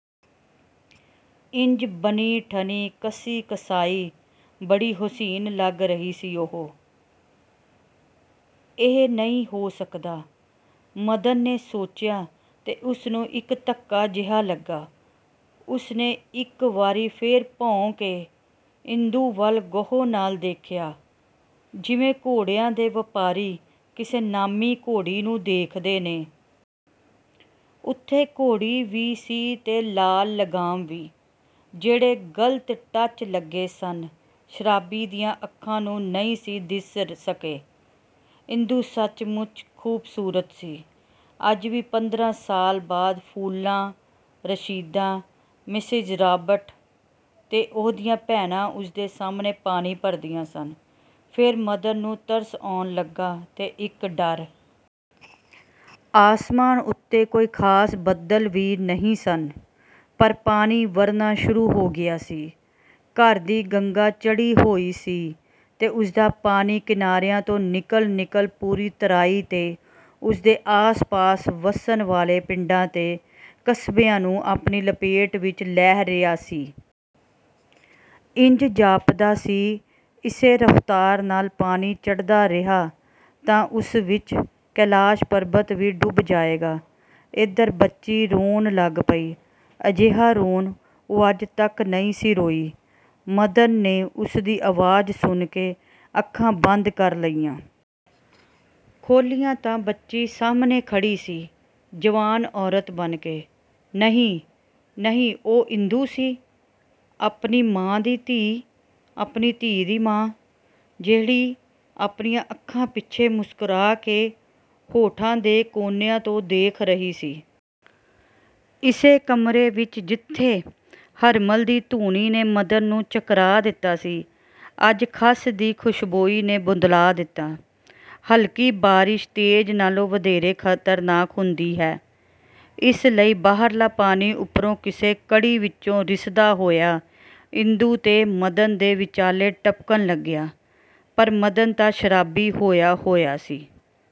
ਇੰਜ ਬਣੀ–ਠਣੀ, ਕਸੀ–ਕਸਾਈ ਬੜੀ ਹੁਸੀਨ ਲੱਗ ਰਹੀ ਸੀ ਉਹ। 'ਇਹ ਨਹੀਂ ਹੋ ਸਕਦਾ। ' ਮਦਨ ਨੇ ਸੋਚਿਆ ਤੇ ਉਸਨੂੰ ਇਕ ਧੱਕਾ ਜਿਹਾ ਲੱਗਾ। ਉਸਨੇ ਇਕ ਵਾਰੀ ਫੇਰ ਭੌਂ ਕੇ ਇੰਦੂ ਵੱਲ ਗਹੂ ਨਾਲ ਦੇਖਿਆ… ਜਿਵੇਂ ਘੋੜਿਆਂ ਦੇ ਵਪਾਰੀ ਕਿਸੇ ਨਾਮੀਂ ਘੋੜੀ ਨੂੰ ਦੇਖਦੇ ਨੇ। ਉੱਥੇ ਘੋੜੀ ਵੀ ਸੀ ਤੇ ਲਾਲ ਲਗਾਮ ਵੀ… ਜਿਹੜੇ ਗਲਤ ਟੱਚ ਲੱਗੇ ਸਨ ਸ਼ਰਾਬੀ ਦੀਆਂ ਅੱਖਾਂ ਨੂੰ ਨਹੀਂ ਸੀ ਦਿਸ ਸਕੇ… ਇੰਦੂ ਸੱਚਮੁੱਚ ਖ਼ੂਬਸੂਰਤ ਸੀ। ਅੱਜ ਵੀ ਪੰਦਰਾਂ ਸਾਲ ਬਾਅਦ ਫੂਲਾਂ, ਰਸ਼ੀਦਾ, ਮਿਸੇਜ਼ ਰਾਬਰਟ ਤੇ ਉਹ ਦੀਆਂ ਭੈਣਾ ਉਸਦੇ ਸਾਹਮਣੇ ਪਾਣੀ ਭਰਦੀਆਂ ਸਨ… ਫੇਰ ਮਦਨ ਨੂੰ ਤਰਸ ਆਉਣ ਲੱਗਾ ਤੇ ਇਕ ਡਰ! ਆਸਮਾਨ ਉੱਤੇ ਕੋਈ ਖਾਸ ਬੱਦਲ ਵੀ ਨਹੀਂ ਸਨ, ਪਰ ਪਾਣੀ ਵਰ੍ਹਨਾਂ ਸ਼ੁਰੂ ਹੋ ਗਿਆ ਸੀ। ਘਰ ਦੀ ਗੰਗਾ ਚੜ੍ਹੀ ਹੋਈ ਸੀ ਤੇ ਉਸਦਾ ਪਾਣੀ ਕਿਨਾਰਿਆਂ ਤੋਂ ਨਿਕਲ ਨਿਕਲ ਪੂਰੀ ਤਰਾਈ ਤੇ ਉਸਦੇ ਆਸਪਾਸ ਵੱਸਣ ਵਾਲੇ ਪਿੰਡਾਂ ਤੇ ਕਸਬਿਆਂ ਨੂੰ ਆਪਣੀ ਲਪੇਟ ਵਿਚ ਲੈ ਰਿਹਾ ਸੀ। ਇੰਜ ਜਾਪਦਾ ਸੀ, ਇਸੇ ਰਫ਼ਤਾਰ ਨਾਲ ਪਾਣੀ ਚੜ੍ਹਦਾ ਰਿਹਾ ਤਾਂ ਉਸ ਵਿਚ ਕੈਲਾਸ਼ ਪਰਬਤ ਵੀ ਡੁੱਬ ਜਾਵੇਗਾ… ਏਧਰ ਬੱਚੀ ਰੋਣ ਲੱਗ ਪਈ। ਅਜਿਹਾ ਰੋਣ-ਉਹ ਅੱਜ ਤਕ ਨਹੀਂ ਸੀ ਰੋਈ। ਮਦਨ ਨੇ ਉਸਦੀ ਆਵਾਜ਼ ਸੁਣ ਕੇ ਅੱਖਾਂ ਬੰਦ ਕਰ ਲਈਆਂ। ਖੋਲ੍ਹੀਆਂ ਤਾਂ ਬੱਚੀ ਸਾਹਮਣੇ ਖੜ੍ਹੀ ਸੀ। ਜਵਾਨ ਔਰਤ ਬਣ ਕੇ। ਨਹੀਂ, ਨਹੀਂ ਉਹ ਇੰਦੂ ਸੀ। ਆਪਣੀ ਮਾਂ ਦੀ ਧੀ, ਆਪਣੀ ਧੀ ਦੀ ਮਾਂ; ਜਿਹੜੀ ਆਪਣੀਆਂ ਅੱਖਾਂ ਪਿੱਛੇ ਮੁਸਕਰਾ ਤੇ ਹੋਠਾਂ ਦੇ ਕੋਨਿਆਂ ਤੋਂ ਦੇਖ ਰਹੀ ਸੀ। ਇਸੇ ਕਮਰੇ ਵਿਚ ਜਿੱਥੇ ਹਰਮਲ ਦੀ ਧੂੰਨੀ ਨੇ ਮਦਨ ਨੂੰ ਚਕਰਾ ਦਿਤਾ ਸੀ, ਅੱਜ ਖਸ ਦੀ ਖ਼ੁਸ਼ਬੋਈ ਨੇ ਬੌਂਦਲਾ ਦਿਤਾ। ਹਲਕੀ ਬਾਰਿਸ਼-ਤੇਜ਼ ਨਾਲੋਂ ਵਧੇਰੇ ਖ਼ਤਰਨਾਕ ਹੁੰਦੀ ਹੈ, ਇਸ ਲਈ ਬਾਹਰਲਾ ਪਾਣੀ ਉਪਰੋਂ ਕਿਸੇ ਕੜੀ ਵਿਚੋਂ ਰਿਸਦਾ ਹੋਇਆ ਇੰਦੂ ਤੇ ਮਦਨ ਦੇ ਵਿਚਾਲੇ ਟਪਕਣ ਲੱਗਿਆ… ਪਰ ਮਦਨ ਤਾਂ ਸ਼ਰਾਬੀ ਹੋਇਆ ਹੋਇਆ ਸੀ।